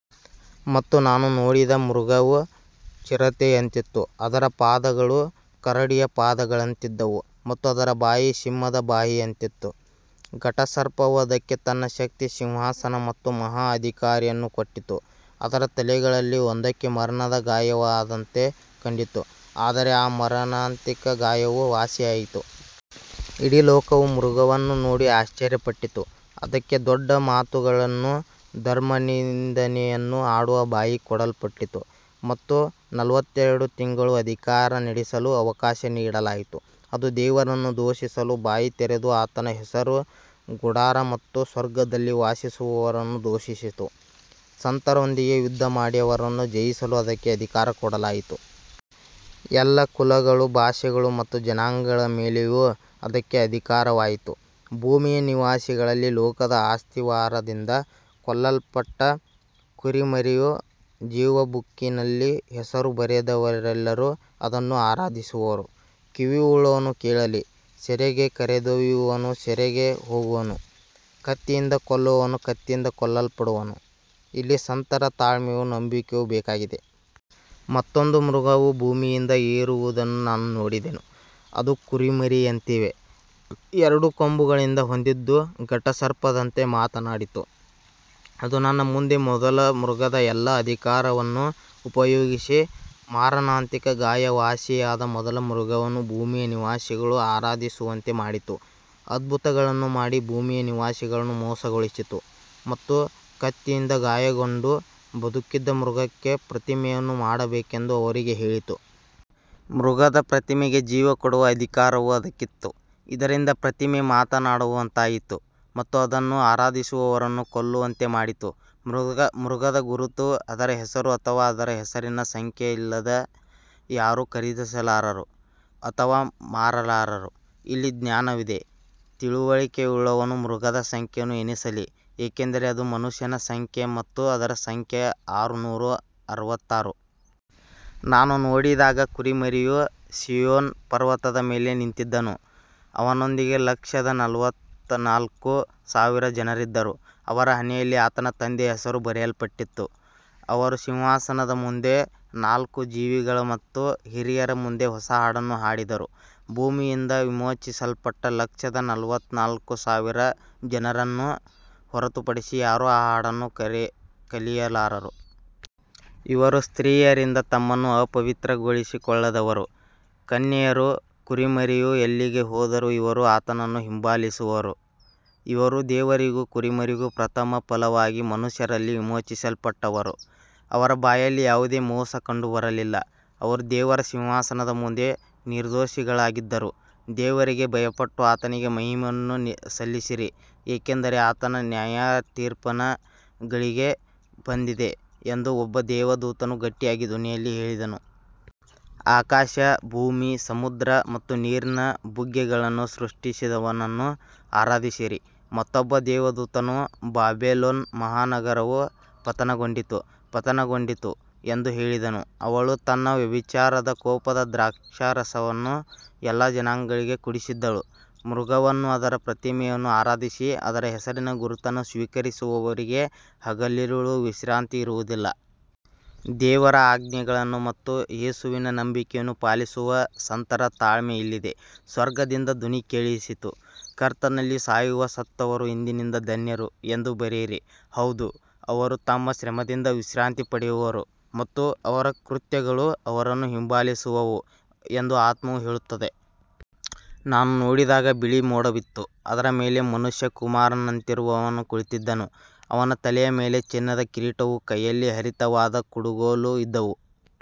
ಮತ್ತು ನಾನು ನೋಡಿದ ಮೃಗವು ಚಿರತೆಯಂತಿತ್ತು, ಅದರ ಪಾದಗಳು ಕರಡಿಯ ಪಾದಗಳಂತಿದ್ದವು ಮತ್ತು ಅದರ ಬಾಯಿ ಸಿಂಹದ ಬಾಯಿಯಂತಿತ್ತು. ಘಟಸರ್ಪವು ಅದಕ್ಕೆ ತನ್ನ ಶಕ್ತಿ, ಸಿಂಹಾಸನ ಮತ್ತು ಮಹಾ ಅಧಿಕಾರವನ್ನು ಕೊಟ್ಟಿತು. ಅದರ ತಲೆಗಳಲ್ಲಿ ಒಂದಕ್ಕೆ ಮರಣದ ಗಾಯವಾದಂತೆ ಕಂಡಿತು, ಆದರೆ ಆ ಮಾರಣಾಂತಿಕ ಗಾಯವು ವಾಸಿಯಾಯಿತು. ಇಡೀ ಲೋಕವು ಮೃಗವನ್ನು ನೋಡಿ ಆಶ್ಚರ್ಯಪಟ್ಟಿತು. ಅದಕ್ಕೆ ದೊಡ್ಡ ಮಾತುಗಳನ್ನೂ ಧರ್ಮನಿಂದೆಯನ್ನೂ ಆಡುವ ಬಾಯಿ ಕೊಡಲ್ಪಟ್ಟಿತು ಮತ್ತು ನಲವತ್ತೆರಡು ತಿಂಗಳು ಅಧಿಕಾರ ನಡೆಸಲು ಅವಕಾಶ ನೀಡಲಾಯಿತು. ಅದು ದೇವರನ್ನು ದೂಷಿಸಲು ಬಾಯಿ ತೆರೆದು ಆತನ ಹೆಸರು, ಗುಡಾರ ಮತ್ತು ಸ್ವರ್ಗದಲ್ಲಿ ವಾಸಿಸುವವರನ್ನು ದೂಷಿಸಿತು. ಸಂತರೊಂದಿಗೆ ಯುದ್ಧಮಾಡಿ ಅವರನ್ನು ಜಯಿಸಲು ಅದಕ್ಕೆ ಅಧಿಕಾರ ಕೊಡಲಾಯಿತು. ಎಲ್ಲ ಕುಲಗಳು, ಭಾಷೆಗಳು ಮತ್ತು ಜನಾಂಗಗಳ ಮೇಲೆಯೂ ಅದಕ್ಕೆ ಅಧಿಕಾರವಾಯಿತು. ಭೂಮಿಯ ನಿವಾಸಿಗಳಲ್ಲಿ, ಲೋಕದ ಅಸ್ತಿವಾರದಿಂದ ಕೊಲ್ಲಲ್ಪಟ್ಟ ಕುರಿಮರಿಯ ಜೀವಬುಕ್ಕಿನಲ್ಲಿ ಹೆಸರು ಬರೆಯದವರೆಲ್ಲರೂ ಅದನ್ನು ಆರಾಧಿಸುವರು. ಕಿವಿಯುಳ್ಳವನು ಕೇಳಲಿ. ಸೆರೆಗೆ ಕರೆದೊಯ್ಯುವವನು ಸೆರೆಗೆ ಹೋಗುವನು, ಕತ್ತಿಯಿಂದ ಕೊಲ್ಲುವವನು ಕತ್ತಿಯಿಂದ ಕೊಲ್ಲಲ್ಪಡುವನು. ಇಲ್ಲಿ ಸಂತರ ತಾಳ್ಮೆಯೂ ನಂಬಿಕೆಯೂ ಬೇಕಾಗಿದೆ. ಮತ್ತೊಂದು ಮೃಗವು ಭೂಮಿಯಿಂದ ಏರುವುದನ್ನು ನಾನು ನೋಡಿದೆನು. ಅದು ಕುರಿಮರಿಯಂತೆಯೇ ಎರಡು ಕೊಂಬುಗಳನ್ನು ಹೊಂದಿದ್ದು ಘಟಸರ್ಪದಂತೆ ಮಾತನಾಡಿತು. ಅದು ತನ್ನ ಮುಂದೆ ಮೊದಲ ಮೃಗದ ಎಲ್ಲಾ ಅಧಿಕಾರವನ್ನು ಉಪಯೋಗಿಸಿ, ಮಾರಣಾಂತಿಕ ಗಾಯ ವಾಸಿಯಾದ ಮೊದಲ ಮೃಗವನ್ನು ಭೂಮಿಯ ನಿವಾಸಿಗಳು ಆರಾಧಿಸುವಂತೆ ಮಾಡಿತು. ಅದ್ಭುತಗಳನ್ನು ಮಾಡಿ ಭೂಮಿಯ ನಿವಾಸಿಗಳನ್ನು ಮೋಸಗೊಳಿಸಿತು ಮತ್ತು ಕತ್ತಿಯಿಂದ ಗಾಯಗೊಂಡು ಬದುಕಿದ್ದ ಮೃಗಕ್ಕೆ ಪ್ರತಿಮೆಯನ್ನು ಮಾಡಬೇಕೆಂದು ಅವರಿಗೆ ಹೇಳಿತು. ಮೃಗದ ಪ್ರತಿಮೆಗೆ ಜೀವ ಕೊಡುವ ಅಧಿಕಾರವೂ ಅದಕ್ಕಿತ್ತು, ಇದರಿಂದ ಪ್ರತಿಮೆ ಮಾತನಾಡುವಂತಾಯಿತು ಮತ್ತು ಅದನ್ನು ಆರಾಧಿಸದವರನ್ನು ಕೊಲ್ಲುವಂತೆ ಮಾಡಿತು. ಮೃಗದ ಗುರುತು, ಅದರ ಹೆಸರು ಅಥವಾ ಅದರ ಹೆಸರಿನ ಸಂಖ್ಯೆಯಿಲ್ಲದೆ ಯಾರೂ ಖರೀದಿಸಲಾರರು ಅಥವಾ ಮಾರಲಾರರು. ಇಲ್ಲಿ ಜ್ಞಾನವಿದೆ. ತಿಳುವಳಿಕೆಯುಳ್ಳವನು ಮೃಗದ ಸಂಖ್ಯೆಯನ್ನು ಎಣಿಸಲಿ, ಏಕೆಂದರೆ ಅದು ಮನುಷ್ಯನ ಸಂಖ್ಯೆ ಮತ್ತು ಅದರ ಸಂಖ್ಯೆ ಆರುನೂರ ಅರವತ್ತಾರು. ನಾನು ನೋಡಿದಾಗ ಕುರಿಮರಿಯು ಸೀಯೋನ್ ಪರ್ವತದ ಮೇಲೆ ನಿಂತಿದ್ದನು. ಅವನೊಂದಿಗೆ ಲಕ್ಷದ ನಲವತ್ತನಾಲ್ಕು ಸಾವಿರ ಜನರಿದ್ದರು. ಅವರ ಹಣೆಯಲ್ಲಿ ಆತನ ತಂದೆಯ ಹೆಸರು ಬರೆಯಲ್ಪಟ್ಟಿತ್ತು. ಅವರು ಸಿಂಹಾಸನದ ಮುಂದೆ, ನಾಲ್ಕು ಜೀವಿಗಳ ಮತ್ತು ಹಿರಿಯರ ಮುಂದೆ ಹೊಸ ಹಾಡನ್ನು ಹಾಡಿದರು. ಭೂಮಿಯಿಂದ ವಿಮೋಚಿಸಲ್ಪಟ್ಟ ಲಕ್ಷದ ನಲವತ್ತನಾಲ್ಕು ಸಾವಿರ ಜನರನ್ನು ಹೊರತುಪಡಿಸಿ ಯಾರೂ ಆ ಹಾಡನ್ನು ಕಲಿಯಲಾರರು. ಇವರು ಸ್ತ್ರೀಯರಿಂದ ತಮ್ಮನ್ನು ಅಪವಿತ್ರಗೊಳಿಸಿಕೊಳ್ಳದವರು, ಕನ್ಯೆಯರು. ಕುರಿಮರಿಯು ಎಲ್ಲಿಗೆ ಹೋದರೂ ಇವರು ಆತನನ್ನು ಹಿಂಬಾಲಿಸುವರು. ಇವರು ದೇವರಿಗೂ ಕುರಿಮರಿಗೂ ಪ್ರಥಮಫಲವಾಗಿ ಮನುಷ್ಯರಲ್ಲಿ ವಿಮೋಚಿಸಲ್ಪಟ್ಟವರು. ಅವರ ಬಾಯಲ್ಲಿ ಯಾವುದೇ ಮೋಸ ಕಂಡುಬರಲಿಲ್ಲ, ಅವರು ದೇವರ ಸಿಂಹಾಸನದ ಮುಂದೆ ನಿರ್ದೋಷಿಗಳಾಗಿದ್ದರು. ದೇವರಿಗೆ ಭಯಪಟ್ಟು ಆತನಿಗೆ ಮಹಿಮೆಯನ್ನು ಸಲ್ಲಿಸಿರಿ, ಏಕೆಂದರೆ ಆತನ ನ್ಯಾಯತೀರ್ಪಿನ ಗಳಿಗೆ ಬಂದಿದೆ ಎಂದು ಒಬ್ಬ ದೇವದೂತನು ಗಟ್ಟಿಯಾದ ಧ್ವನಿಯಲ್ಲಿ ಹೇಳಿದನು. ಆಕಾಶ, ಭೂಮಿ, ಸಮುದ್ರ ಮತ್ತು ನೀರಿನ ಬುಗ್ಗೆಗಳನ್ನು ಸೃಷ್ಟಿಸಿದವನನ್ನು ಆರಾಧಿಸಿರಿ. ಮತ್ತೊಬ್ಬ ದೇವದೂತನು, ಬಾಬೆಲೋನ್ ಮಹಾನಗರವು ಪತನಗೊಂಡಿತು, ಪತನಗೊಂಡಿತು ಎಂದು ಹೇಳಿದನು. ಅವಳು ತನ್ನ ವ್ಯಭಿಚಾರದ ಕೋಪದ ದ್ರಾಕ್ಷಾರಸವನ್ನು ಎಲ್ಲಾ ಜನಾಂಗಗಳಿಗೆ ಕುಡಿಸಿದ್ದಳು. ಮೃಗವನ್ನೂ ಅದರ ಪ್ರತಿಮೆಯನ್ನೂ ಆರಾಧಿಸಿ ಅದರ ಹೆಸರಿನ ಗುರುತನ್ನು ಸ್ವೀಕರಿಸುವವರಿಗೆ ಹಗಲಿರುಳು ವಿಶ್ರಾಂತಿ ಇರುವುದಿಲ್ಲ. ದೇವರ ಆಜ್ಞೆಗಳನ್ನು ಮತ್ತು ಯೇಸುವಿನ ನಂಬಿಕೆಯನ್ನು ಪಾಲಿಸುವ ಸಂತರ ತಾಳ್ಮೆ ಇಲ್ಲಿದೆ. ಸ್ವರ್ಗದಿಂದ ಧ್ವನಿ ಕೇಳಿಸಿತು, ಕರ್ತನಲ್ಲಿ ಸಾಯುವ ಸತ್ತವರು ಇಂದಿನಿಂದ ಧನ್ಯರು ಎಂದು ಬರೆಯಿರಿ. ಹೌದು, ಅವರು ತಮ್ಮ ಶ್ರಮದಿಂದ ವಿಶ್ರಾಂತಿ ಪಡೆಯುವರು ಮತ್ತು ಅವರ ಕೃತ್ಯಗಳು ಅವರನ್ನು ಹಿಂಬಾಲಿಸುವವು ಎಂದು ಆತ್ಮವು ಹೇಳುತ್ತದೆ. ನಾನು ನೋಡಿದಾಗ ಬಿಳಿ ಮೋಡವಿತ್ತು. ಅದರ ಮೇಲೆ ಮನುಷ್ಯಕುಮಾರನಂತಿರುವವನು ಕುಳಿತಿದ್ದನು. ಅವನ ತಲೆಯ ಮೇಲೆ ಚಿನ್ನದ ಕಿರೀಟವೂ ಕೈಯಲ್ಲಿ ಹರಿತವಾದ ಕುಡುಗೋಲೂ ಇದ್ದವು.